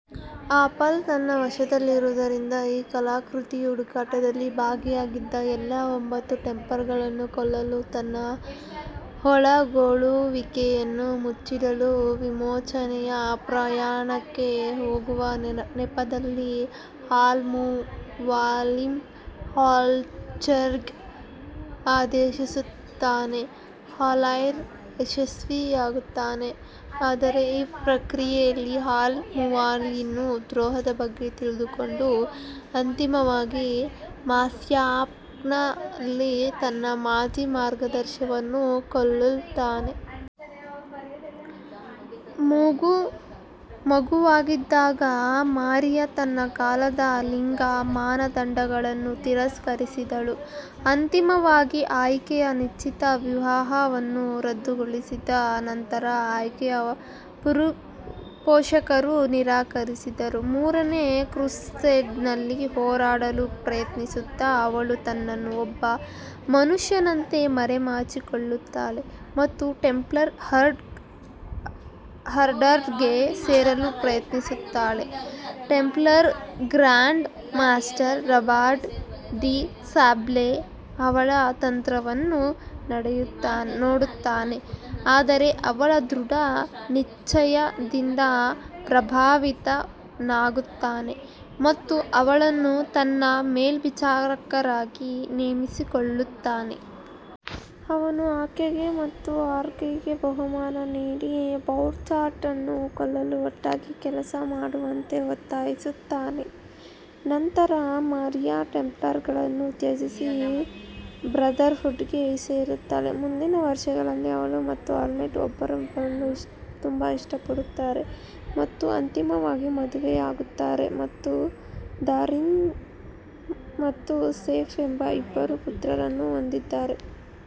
Apple ತನ್ನ ವಶದಲ್ಲಿರುವುದರಿಂದ, ಈ ಕಲಾಕೃತಿಯ ಹುಡುಕಾಟದಲ್ಲಿ ಭಾಗಿಯಾಗಿದ್ದ ಎಲ್ಲಾ ಒಂಬತ್ತು ಟೆಂಪ್ಲರ್ಗಳನ್ನು ಕೊಲ್ಲಲು, ತನ್ನ ಒಳಗೊಳ್ಳುವಿಕೆಯನ್ನು ಮುಚ್ಚಿಡಲು, ವಿಮೋಚನೆಯ ಪ್ರಯಾಣಕ್ಕೆ ಹೋಗುವ ನೆಪದಲ್ಲಿ ಅಲ್ ಮುವಾಲಿಮ್ ಆಲ್ಟೈರ್ಗೆ ಆದೇಶಿಸುತ್ತಾನೆ. ಅಲ್ತೈರ್ ಯಶಸ್ವಿಯಾಗುತ್ತಾನೆ, ಆದರೆ ಈ ಪ್ರಕ್ರಿಯೆಯಲ್ಲಿ ಅಲ್ ಮುವಾಲಿಮ್ನ ದ್ರೋಹದ ಬಗ್ಗೆ ತಿಳಿದುಕೊಂಡು, ಅಂತಿಮವಾಗಿ ಮಾಸ್ಯಾಫ್ನಲ್ಲಿ ತನ್ನ ಮಾಜಿ ಮಾರ್ಗದರ್ಶಿಯನ್ನು ಕೊಲ್ಲುತ್ತಾನೆ. ಮಗುವಾಗಿದ್ದಾಗ, ಮಾರಿಯಾ ತನ್ನ ಕಾಲದ ಲಿಂಗ ಮಾನದಂಡಗಳನ್ನು ತಿರಸ್ಕರಿಸಿದಳು, ಅಂತಿಮವಾಗಿ ಆಕೆಯ ನಿಶ್ಚಿತ ವಿವಾಹವನ್ನು ರದ್ದುಗೊಳಿಸಿದ ನಂತರ ಆಕೆಯ ಪೋಷಕರು ನಿರಾಕರಿಸಿದರು. ಮೂರನೇ ಕ್ರುಸೇಡ್ನಲ್ಲಿ ಹೋರಾಡಲು ಪ್ರಯತ್ನಿಸುತ್ತಾ, ಅವಳು ತನ್ನನ್ನು ಒಬ್ಬ ಮನುಷ್ಯನಂತೆ ಮರೆಮಾಚಿಕೊಳ್ಳುತ್ತಾಳೆ ಮತ್ತು ಟೆಂಪ್ಲರ್ ಆರ್ಡರ್ಗೆ ಸೇರಲು ಪ್ರಯತ್ನಿಸುತ್ತಾಳೆ. Templar grand master, Robert de Sable, ಅವಳ ತಂತ್ರವನ್ನು ನೋಡುತ್ತಾನೆ, ಆದರೆ ಅವಳ ದೃಢ ನಿಶ್ಚಯದಿಂದ ಪ್ರಭಾವಿತನಾಗುತ್ತಾನೆ ಮತ್ತು ಅವಳನ್ನು ತನ್ನ ಮೇಲ್ವಿಚಾರಕರಾಗಿ ನೇಮಿಸಿಕೊಳ್ಳುತ್ತಾನೆ. ಅವನು ಆಕೆಗೆ ಮತ್ತು ಆಲ್ಟೈರ್ಗೆ ಬಹುಮಾನವನ್ನು ನೀಡಿ, ಬೌಚಾರ್ಟ್ನನ್ನು ಕೊಲ್ಲಲು ಒಟ್ಟಾಗಿ ಕೆಲಸ ಮಾಡುವಂತೆ ಒತ್ತಾಯಿಸುತ್ತಾನೆ, ನಂತರ ಮಾರಿಯಾ ಟೆಂಪ್ಲರ್ಗಳನ್ನು ತ್ಯಜಿಸಿ ಬ್ರದರ್ಹುಡ್ಗೆ ಸೇರುತ್ತಾಳೆ. ಮುಂದಿನ ವರ್ಷಗಳಲ್ಲಿ, ಅವಳು ಮತ್ತು ಆಲ್ಟೈರ್ ಒಬ್ಬರನ್ನೊಬ್ಬರು ತುಂಬಾ ಇಷ್ಟಪಡುತ್ತಾರೆ ಮತ್ತು ಅಂತಿಮವಾಗಿ ಮದುವೆಯಾಗುತ್ತಾರೆ ಮತ್ತು ದರಿಮ್ ಮತ್ತು ಸೆಫ್ ಎಂಬ ಇಬ್ಬರು ಪುತ್ರರನ್ನು ಹೊಂದಿದ್ದಾರೆ.